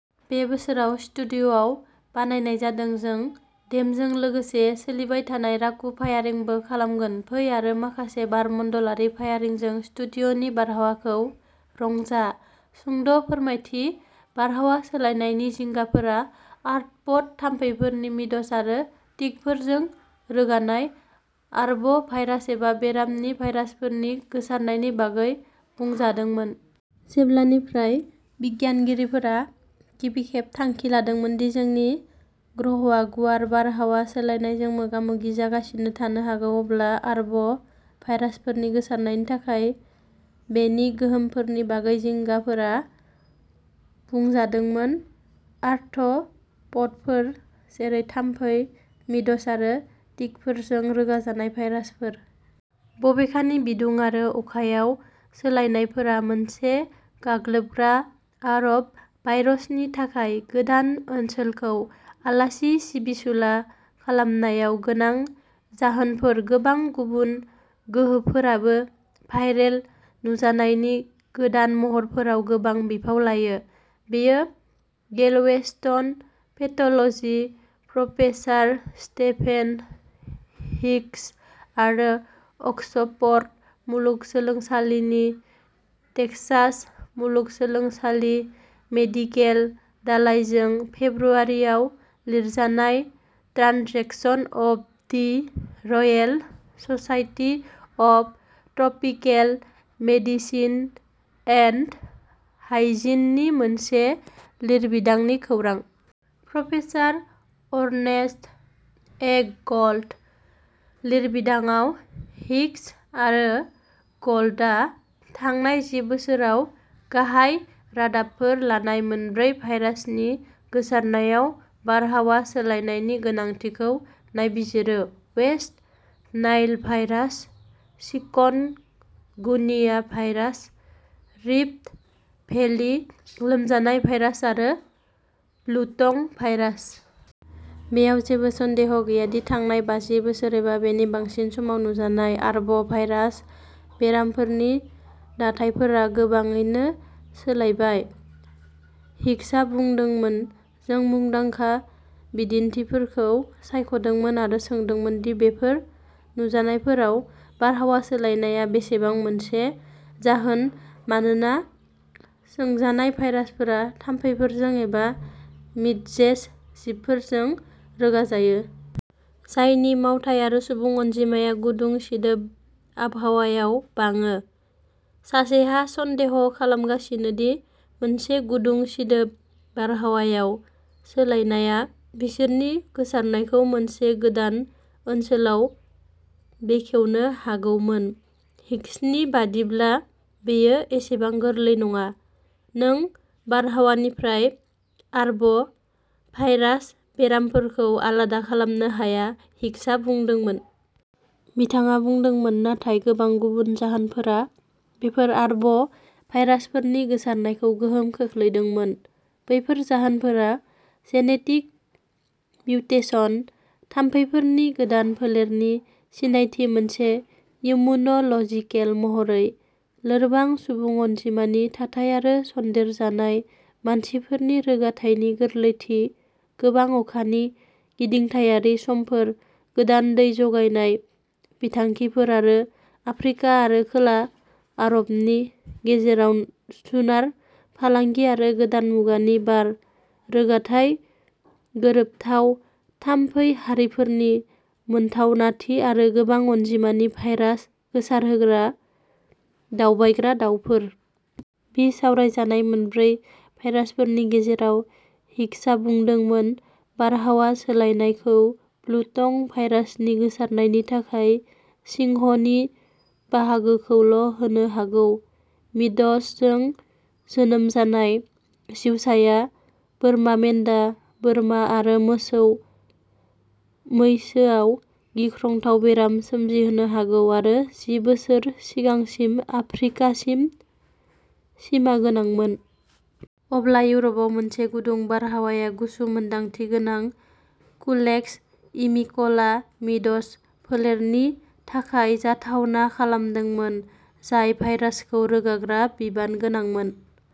बे बोसोराव स्टुडिय'आव बानायनाय जादों। जों डेम'जों लोगोसे सोलिबाय थानाय राकु फायारिंबो खालामगोन। फै आरो माखासे बारमण्डलारि फायारिंजों स्टुडिय'नि बारहावाखौ रंजा। सुंद' फोरमायथिः बारहावा सोलायनायनि जिंगाफोरा आर्थ्र'प'ड थाम्फैफोरनि मिडज आरो टिकफोरजों रोगानाय आरब' भाइरास एबा बेरामनि भाइरासफोरनि गोसारनायनि बागै बुंजादोंमोन। जेब्लानिफ्राय बिगियानगिरिफोरा गिबि खेब थांखि लादोंमोन दि जोंनि ग्रहआ गुवार बारहावा सोलायनायजों मोगा-मोगि जागासिनो थानो हागौ। अब्ला आरब' भाइरासफोरनि गोसारनायनि थाखाय बेनि गोहोमफोरनि बागै जिंगाफोरा बुंजादोंमोन आर्थ्र' प'डफोर जेरै थाम्फै, मिडज आरो टिकफोरजों रोगाजानाय भाइरासफोर। बबेखानि बिदुं आरो अखायाव सोलायनायफोरा मोनसे गाग्लोबग्रा आरब'वायरसनि थाखाय गोदान ओनसोलखौ आलासि सिबिसुला खालामनायाव गोनां जाहोनफोर गोबां गुबुन गोहोफोराबो भाइरेल नुजानायनि गोदान महरफोराव गोनां बिफाव लायो। बेयो Galveston pathology professor Stephen Higgs आरो अक्सफर्ड मुलुगसोलोंसालिनि टेक्सास मुलुगसोलोंसालि मेडिकेल दालाइजों फेब्रुवारियाव लिरजानाय Transaction of the Royal Society of Tropical Medicine and Hygiene नि मोनसे लिरबिदांनि खौरां। Professor Ernest A gold. लिरबिदांआव हिग्स आरो ग'ल्डआ थांनाय जि बोसोराव गाहाय रादाबफोर लानाय मोनब्रै भाइरासनि गोसारनायाव बारहावा सोलायनायनि गोनांथिखौ नायबिजिरो West Nile virus chikungunya virus Rift Valley लोमजानाय भाइरास आरो ब्लुटं भाइरास। बेयाव जेबो सन्देह गैया दि थांनाय बाजि बोसोर एबा बेनि बांसिन समाव नुजानाय आरब' भाइरास बेरामफोरनि दाथायफोरा गोबाङैनो सोलायबाय। हिग्सआ बुंदोंमोन। जों मुंदांखा बिदिन्थिफोरखौ सायख'दोंमोन आरो सोंदोंमोन दि बेफोर नुजानायफोराव बारहावा सोलायनायआ बेसेबां मोनसे जाहोन मानोना सोंजानाय भाइरासफोरा थाम्फैफोरजों एबा मिडजेस जिबफोरजों रोगाजायो। जायनि मावथाय आरो सुबुं अनजिमाया गुदुं सिदोब आबहावायाव बाङो। सासेआ सन्देह खालामगोन दि मोनसे गुदुं सिदोब बारहावायाव सोलायनायआ बिसोरनि गोसारनायखौ मोनसे गोदान ओनसोलाव बेखेवनो हागौमोन। हिग्सनि बायदिब्ला बेयो एसेबां गोरलै नङा। नों बारहावानिफ्राय आरब' भाइरास बेरामफोरखौ आलादा खालामनो हाया हिग्सआ बुंदोंमोन। बिथाङा बुंदोंमोन नाथाय गोबां गुबुन जाहोनफोरा बेफोर आरब' भाइरासफोरनि गोसारनायखौ गोहोम खोख्लैदोंमोन। बैफोर जाहोनफोरा जेनेटिक मिउटेसन थाम्फैफोरनि गोदान फोलेरनि सिनायथि मोनसे इम्युन'ल'जिकेल महरै लोरबां सुबुं अनजिमानि थाथाय आरो सन्देरजानाय मानसिफोरनि रोगाथायनि गोरलैथि गोबां अखानि गिदिंथायारि समफोर गोदान दै जगायनाय बिथांखिफोर आरो आफ्रिका आरो खोला आरबनि गेजेराव जुनार फालांगि आरो गोदान मुगानि बार रोगाथाय गोरोबथाव थाम्फै हारिफोरनि मोनथावनाथि आरो गोबां अनजिमानि भाइरास गोसारहोग्रा दावबायग्रा दावफोर। बिसावरायजानाय मोनब्रै भाइरासफोरनि गेजेराव हिग्सआ बुंदोंमोन बारहावा सोलायनायखौ ब्लुटं भाइरासनि गोसारनायनि थाखाय सिंहनि बाहागोखौल'होनो हागौ। मिडजजों जोनोम जानाय जिउसाया बोरमा मेन्दा बोरमा आरो मोसौ-मैसोआव गिख्रंथाव बेराम सोमजिहोनो हागौ आरो जि बोसोर सिगांसिम आफ्रिकासिम सिमागोनांमोन। अब्ला इउर'पआव मोनसे गुदुं बारहावाया गुसु-मोनदांथि गोनां कुलेक्स इमिक'ला मिडज फोलेरनि थाखाय जाथावना खालामदोंमोन। जाय भाइरासखौ रोगाग्रा बिबान गोनांमोन।